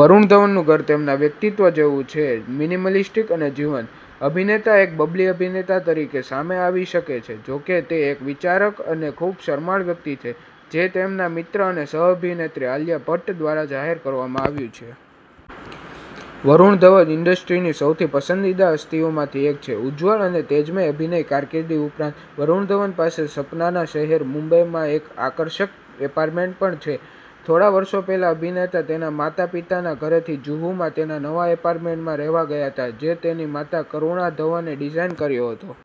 વરુણ ધવનનું ઘર તેમના વ્યક્તિત્વ જેવુંછેમિનિમલિસ્ટિક અને જીવંત. અભિનેતા એક બબલી અભિનેતા તરીકે સામે આવી શકે છેજો કે, તે એક વિચારક અને ખૂબશરમાળ વ્યક્તિ છે, જે તેના મિત્ર અને સહ-અભિનેત્રી આલિયા ભટ્ટ દ્વારા જાહેર કરવામાં આવ્યું છે. વરુણ ધવન ઈન્ડસ્ટ્રીની સૌથી પસંદીદા હસ્તીઓમાંથી એક છે. ઉજ્જવળ અને તેજમય અભિનય કારકિર્દી ઉપરાંત, વરુણ ધવન પાસે સપનાના શહેર, મુંબઈમાં એક આકર્ષક એપાર્ટમેન્ટ પણ છે. થોડા વર્ષો પહેલા, અભિનેતા તેના માતા-પિતાના ઘરેથી જુહુમાં તેના નવા એપાર્ટમેન્ટમાં રહેવા ગયા હતા, જે તેની માતા કરુણા ધવને ડિઝાઇન કર્યો હતો.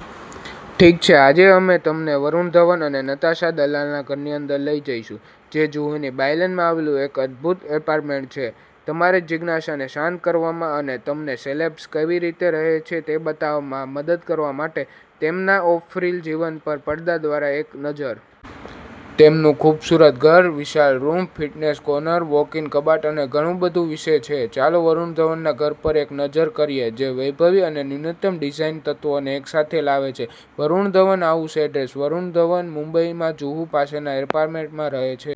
ઠીક છે, આજે અમે તમને વરુણ ધવન અને નતાશા દલાલના ઘરની અંદર લઈ જઈશું, જે જુહુની બાયલેનમાં આવેલું એક અદભૂત એપાર્ટમેન્ટ છે. તમારી જિજ્ઞાસાને શાંત કરવામાં અને તમનેસેલેબ્સ કેવી રીતે રહે છે તે બતાવવામાં મદદ કરવા માટે તેમના ઑફ-રીલ જીવન પર પડદા દ્વારા એક નજર. તેમનું ખૂબસૂરત ઘર વિશાળ રૂમ, ફિટનેસ કોર્નર, વૉક-ઇન કબાટ અને ઘણું બધું વિશે છે. ચાલો વરુણ ધવનના ઘર પર એક નજર કરીએ જે વૈભવી અને ન્યૂનતમ ડિઝાઇન તત્વોને એકસાથે લાવે છે. વરુણ ધવન હાઉસ એડ્રેસ વરુણ ધવન મુંબઈમાં જુહુ પાસેના એપાર્ટમેન્ટમાં રહે છે.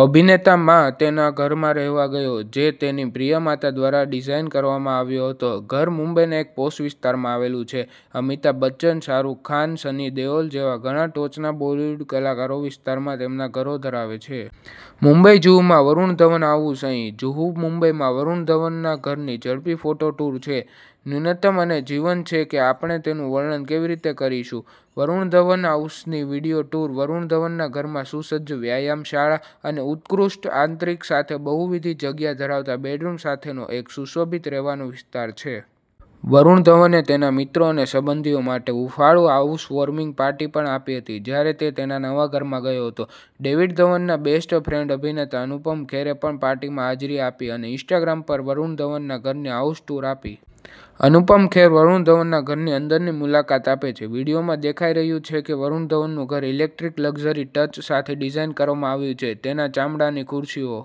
અભિનેતા માં તેના ઘરમાં રહેવા ગયો, જે તેની પ્રિય માતા દ્વારા ડિઝાઇન કરવામાં આવ્યો હતો. ઘર મુંબઈના એક પોશ વિસ્તારમાં આવેલું છે. અમિતાભ બચ્ચન, શાહરૂખ ખાનસન્ની દેઓલ જેવા ઘણા ટોચના બોલીવુડ કલાકારોવિસ્તારમાં તેમના ઘરો ધરાવે છે. મુંબઈ જુહુમાં વરુણ ધવન હાઉસ અહીં જુહુ મુંબઈમાં વરુણ ધવનના ઘરની ઝડપી ફોટો ટૂર છે. ન્યૂનતમ અને જીવંતછે કે આપણે તેનું વર્ણન કેવી રીતે કરીશું. વરુણ ધવન હાઉસની વિડિયો ટૂર વરુણ ધવનના ઘરમાં સુસજ્જ વ્યાયામશાળા અને ઉત્કૃષ્ટ આંતરિક સાથે બહુવિધી જગ્યા ધરાવતા બેડરૂમ સાથેનો એક સુશોભિત રહેવાનો વિસ્તાર છે. વરુણ ધવને તેના મિત્રો અને સંબંધીઓ માટે હૂંફાળું હાઉસવોર્મિંગ પાર્ટી પણ આપી હતી જ્યારે તે તેના નવા ઘરમાં ગયો હતો. ડેવિડ ધવનના બેસ્ટ ફ્રેન્ડ અભિનેતા અનુપમ ખેરે પણ પાર્ટીમાં હાજરી આપી અને ઈન્સ્ટાગ્રામ પર વરુણ ધવનના ઘરની હાઉસ ટૂર આપી. અનુપમ ખેર વરુણ ધવનના ઘરની અંદરની મુલાકાત આપે છે. વીડિયોમાં દેખાઈ રહ્યું છે કે વરુણ ધવનનું ઘર ઈલેક્ટ્રિક લક્ઝરી ટચ સાથે ડિઝાઈન કરવામાં આવ્યું છે. તેના ચામડાની ખુરશીઓ